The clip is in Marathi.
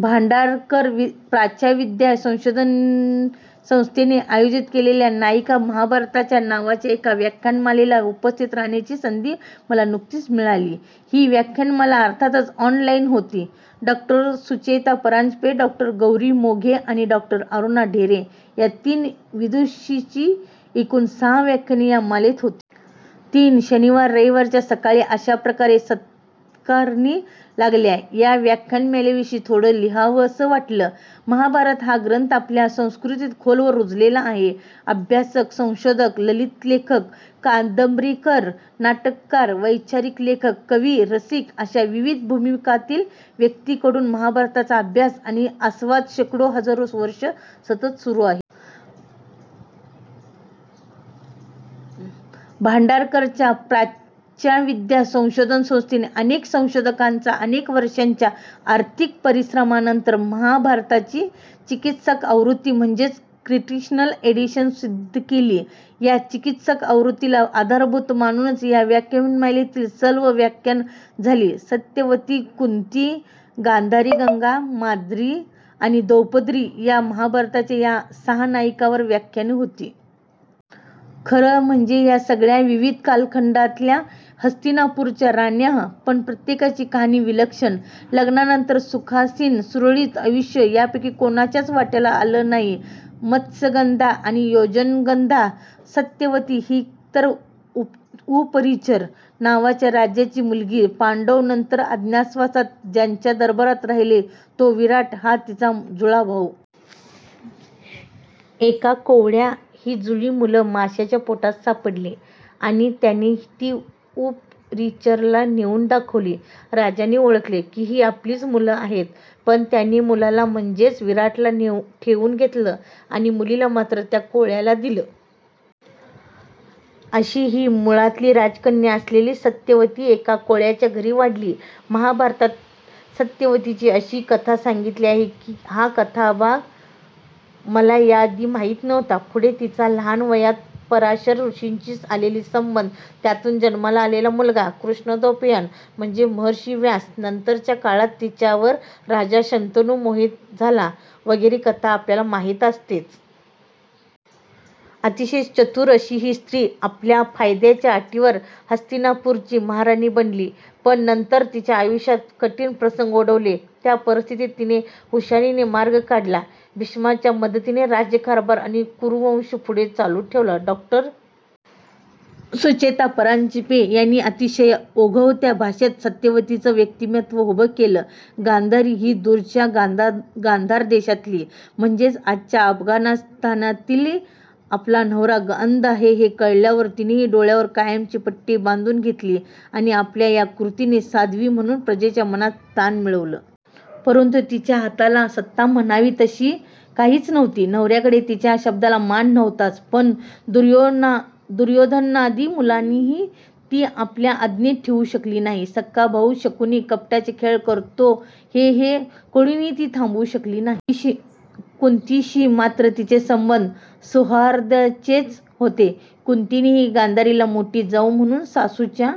भांडारकर प्राच्यविद्या संशोधन संस्थेने आयोजित केलेल्या 'नायिका महाभारताच्या' नावाच्या एका व्याख्यानमालेला उपस्थित राहण्याची संधी मला नुकतीच मिळाली. ही व्याख्यानमाला अर्थातच ऑनलाईन होती. डॉ. सुचेता परांजपे, डॉ. गौरी मोघे आणि डॉ. अरुणा ढेरे या तीन विदुषींची एकूण सहा व्याख्यानं या मालेत होती. तीन शनिवार-रविवारच्या सकाळी अशा प्रकारे सत्कारणी लागल्या. या व्याख्यान मालेविषयी थोडं लिहावंसं वाटलं. महाभारत हा ग्रंथ आपल्या संस्कृतीत खोलवर रुजलेला आहे. अभ्यासक, संशोधक, ललितलेखक, कादंबरीकार, नाटककार, वैचारिक लेखक, कवी, रसिक अशा विविध भूमिकांतील व्यक्तींकडून महाभारताचा अभ्यास आणि आस्वाद शेकडो-हजारो वर्षं सतत सुरू आहे. भांडारकर प्राच्यविद्या संशोधन संस्थेने अनेक संशोधकांच्या अनेक वर्षांच्या अथक परिश्रमांनंतर महाभारताची 'चिकित्सक आवृत्ती' म्हणजेच 'क्रिटिकल एडिशन' सिद्ध केली. या चिकित्सक आवृत्तीला आधारभूत मानूनच या व्याख्यानमालेतली सर्व व्याख्यानं झाली. सत्यवती, कुंती, गांधारी, गंगा, माद्री आणि द्रौपदी या महाभारताच्या सहा नायिकांवर ही व्याख्यानं होती. खरं म्हणजे या सगळ्या विविध कालखंडातल्या हस्तिनापूरच्या राण्या. पण प्रत्येकीची कहाणी विलक्षण. लग्नानंतर सुखासीन, सुरळीत आयुष्य यापैकी कुणाच्याच वाट्याला आलं नाही. मत्स्यगंधा किंवा योजनगंधा सत्यवती ही खरं तर 'उपरिचर' नावाच्या राजाची मुलगी. पांडव नंतर अज्ञातवासात ज्याच्या दरबारात राहिले, तो विराट हा तिचा जुळा भाऊ. एका कोळ्याला ही जुळी मुलं माशाच्या पोटात सापडली आणि त्याने ती उपरिचराला नेऊन दाखवली. राजाने ओळखलं, की ही आपलीच मुलं आहेत. पण त्याने मुलाला, म्हणजेच विराटाला ठेवून घेतलं आणि मुलीला मात्र त्या कोळ्याला दिलं. अशी ही मुळातली राजकन्या असलेली सत्यवती एका कोळ्याच्या घरी वाढली. महाभारतात सत्यवतीची अशी कथा सांगितलेली आहे. हा कथाभाग मला याआधी माहिती नव्हता. पुढे तिचा लहान वयात पराशर ऋषींशी आलेला संबंध, त्यातून जन्माला आलेला मुलगा कृष्णद्वैपायन, म्हणजेच महर्षी व्यास, नंतरच्या काळात तिच्यावर राजा शंतनु मोहित झाला वगैरे कथा आपल्याला माहिती असतेच. अतिशय चतुर अशी ही स्त्री. आपल्या फायद्याच्या अटींवर हस्तिनापूरची महाराणी बनली, पण नंतर तिच्या आयुष्यात कठीण प्रसंग ओढवले. त्या-त्या परिस्थितीत तिने हुशारीने मार्ग काढला, भीष्माच्या मदतीने राज्यकारभार आणि कुरुवंश पुढे चालू ठेवला. डॉ. सुचेता परांजपे यांनी अतिशय ओघवत्या भाषेत सत्यवतीचं व्यक्तिमत्त्व उभं केलं. गांधारी ही दूरच्या गांधार देशातली. म्हणजेच आजच्या अफगाणिस्तानातली. आपला नवरा अंध आहे हे कळल्यावर तिनेही डोळ्यांवर कायमची पट्टी बांधून घेतली. आणि आपल्या या कृतीने 'साध्वी' म्हणून प्रजेच्या मनात स्थान मिळवलं. परंतु तिच्या हातात सत्ता म्हणावी अशी काहीच नव्हती. नवर्याकडे तिच्या शब्दाला मान नव्हताच, पण दुर्योधनादि मुलांनाही ती आपल्या आज्ञेत ठेवू शकली नाही. सख्खा भाऊ शकुनी कपटाचे खेळ करतो आहे हे कळूनही ती ते थांबवू शकली नाही. कुंतीशी मात्र तिचे संबंध सौहार्दाचेच होते. कुंतीनेही गांधारीला मोठी जाऊ म्हणून, सासूच्या--